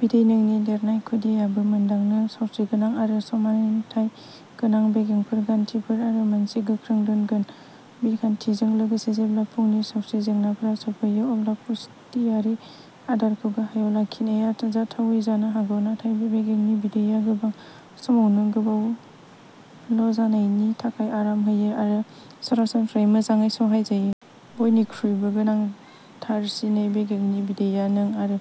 बिदै नोंनि देरनाय खुदियायाबो मोन्दांगोन सावस्रिगोनां आरो समानथाय गोनां बेगेंफोर गान्थिफोर आरो मोनसे गोख्रों दोगोन बिखान्थिजों लोगोसे। जेब्ला फुंनि सावस्रि जेंनाफोरा सौफैयो अब्ला पुष्टियारि आदारखौ गाहायाव लाखिनाया जाथावै जानो हागौ। नाथाय बेगेंनि बिदैया गोबां समावनो गोबाल'जानायनि थाखाय आराम होयो आरो सरासनस्रायै मोजाङै सहायजायो। बयनिख्रुइबो गोनांथारसिनै बेगेंनि बिदैया नों आरो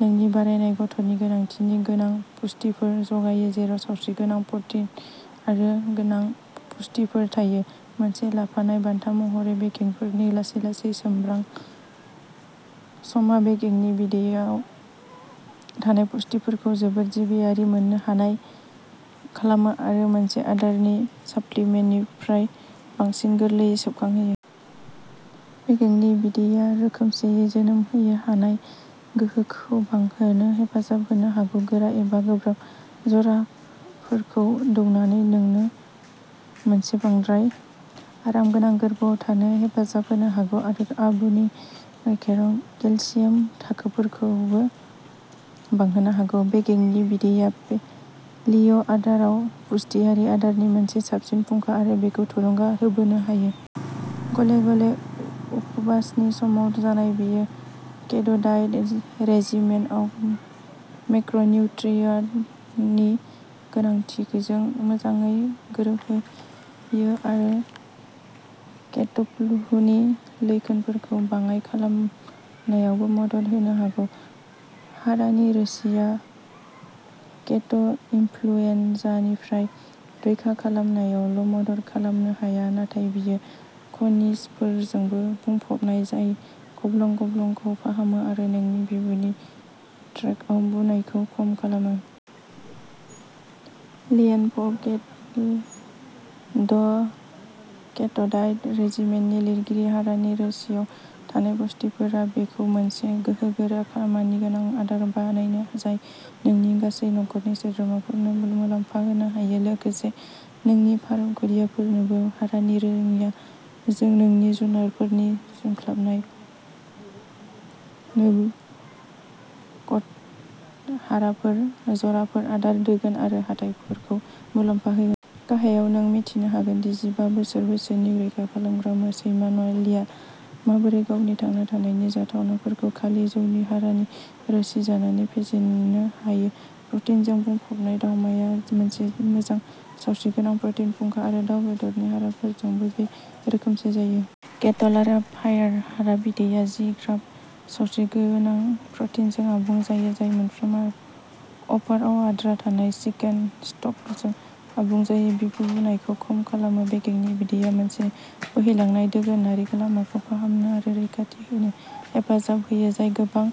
नोंनि बारायनाय गथ'नि गोनांथिनि गोबां पुष्टिफोर जगायो जेराव सावस्रिगोनां प्र'टिन आरो गोनां पुष्टिफोर थायो। मोनसे लाफानाय बान्था महरै बेगेंफोरनि लासै लासै सोमलां समा बेगेंनि बिदैआव थानाय पुष्टिफोरखौ जोबोद जिबियारि मोननो हानाय खालामो आरो मोनसे आदारारि साप्लिमेन्टनिफ्राइ बांसिन गोरलैयै सोबखांहोयो। बेगेंनि बिदैया रोखोमसेयै जोनोम होनो हानाय गोहोखौ बांहोनो हेफाजाब होनो हागौ गोरा एबा गोब्राब जराफोरखौ दौनानै नोंनो मोनसे बांद्राय आरामगोनां गोर्बोआव थानो हेफाजाब होनो हागौ आरो आबुनि गायखेराव केलसियाम थाखोखौबो बांहोनो हागौ। बेगेंनि बिदैया पेलिय'आदाराव पुष्टियारि आदारनि मोनसे साबसिन फुंखा आरो बेखौ थुलुंगा होबोनो हायो। गले गले उपबासनि समाव जानाय बेयो के ट'डाइट रेजिमेनआव मेक्र'निउट्रियेन्टनि गोनांथिजों मोजाङै गोरोबहोयो आरो केट'फ्लुनि लैखोनफोरखौ बाङाइ खालामनायावबो मदद होनो हागौ। हारानि रोसिङा केटो इन्फ्लुयेनजानिफ्राय रैखा खालामनायावल'मदद खालामनो हाया नाथाय बेयो खनिजफोरजोंबो बुंफबनाय जाय गब्लं गब्लंखौ फाहामो आरो नोंनि बिबुनि ट्रेक्टआव बुनायखौ खम खालामो। लीएन भगेट द के ट'डाइट रेजिमेननि लिरगिरि हारानि रोसिआव थानाय पुष्टिफोरा बेखौ मोनसे गोहोगोरा खामानिगोनां आदार बानायो जाय नोंनि गासै नखरनि सोद्रोमाफोरनो मुलाम्फा होनो हायो लोगोसे नोंनि फार खुदियाफोरनोबो। हारानि रोसिङा नोंनि जुनारफोरनि जोंख्लाबनाय कट हाराफोर जराफोर आदार दोगोन आरो हाथाइफोरखौ मुलाम्फा होयो। गाहायाव नों मिथिनो हागोन दि जिबा बोसोर बैसोनि रैखा खालामग्रा सैमा नेलिआ माबोरै गावनि थांना थानायनि जाथावनाफोरखौ खालि जौनि हारानि रोसि जानानै फेजेननो हायो। प्रटिनजों बुंफबनाय दावमाया मोनसे मोजां सावस्रिगोनां प्रटिन फुंखा आरो दाव बेदरनि हाराफोरजोंबो बे रोखोमसे जायो। केटल आरो फायार हारा बिदैया जि ग्राम सावस्रिगोनां प्रटिनजों आबुं जायो जाय मोनफ्रोम अफारआव आद्रा थानाय चिकेन स्टकजों आबुं जायो। बिबु बुनायखौ खम खालामो बेगेंनि बिदैया मोनसे बोहैलांनाय दोगोनारि लामाखौ फाहामनो आरो रैखाथि होनो हेफाजाब होयो जाय गोबां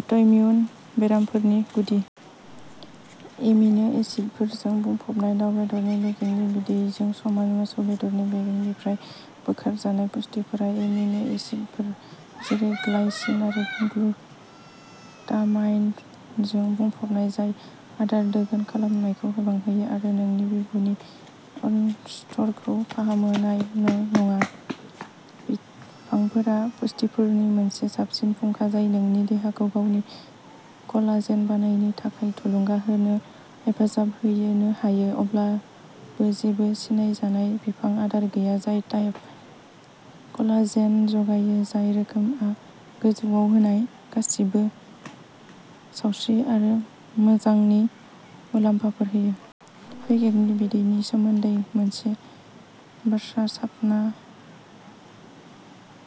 अट'इमिउन बेरामफोरनि गुदि। एमिनो एसिडफोरजों बुंफबनाय दाव बेदरनि बेगेंनि बिदैजों समान मोसौ बेदरनि बेगेंनिफ्राय बोखारजानाय पुष्टिफोरा एमिनो एसिडफोर जेरै ग्लाइसिन आरो ग्लुटामाइनजों बुंफबनाय, जाय आदार दोगोन खालामनायखौ बांहोयो आरो नोंनि बिबुनि अस्तरखौ फाहामो। नङा। बिफांफोरा पुष्टिफोरनि मोनसे साबसिन फुंखा जाय नोंनि देहाखौ गावनि कलाजेन बानायनो थाखाय थुलुंगा होनो हेफाजाब होनो हायो अब्लाबो जेबो सिनायजानाय बिफां आदार गैया जाय टाइप I कलाजेन जगायो जाय रोखोमआ गोजौआव होनाय गासैबो सावस्रि आरो मोजांनि मुलाम्फाफोर होयो। बेगेंनि बिदैनि सोमोन्दै मोनसे बाथ्रा सानना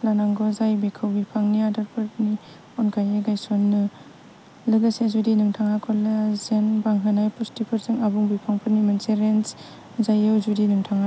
लानांगौ जाय बेखौ बिफांनि आदारफोरनि अनगायै गायसनो लोगोसे जुदि नोंथाङा कलाजेन बांहोनाय पुष्टिफोरजों आबुं बिफांफोरनि मोनसे रेन्ज जायो जुदि नोंथाङा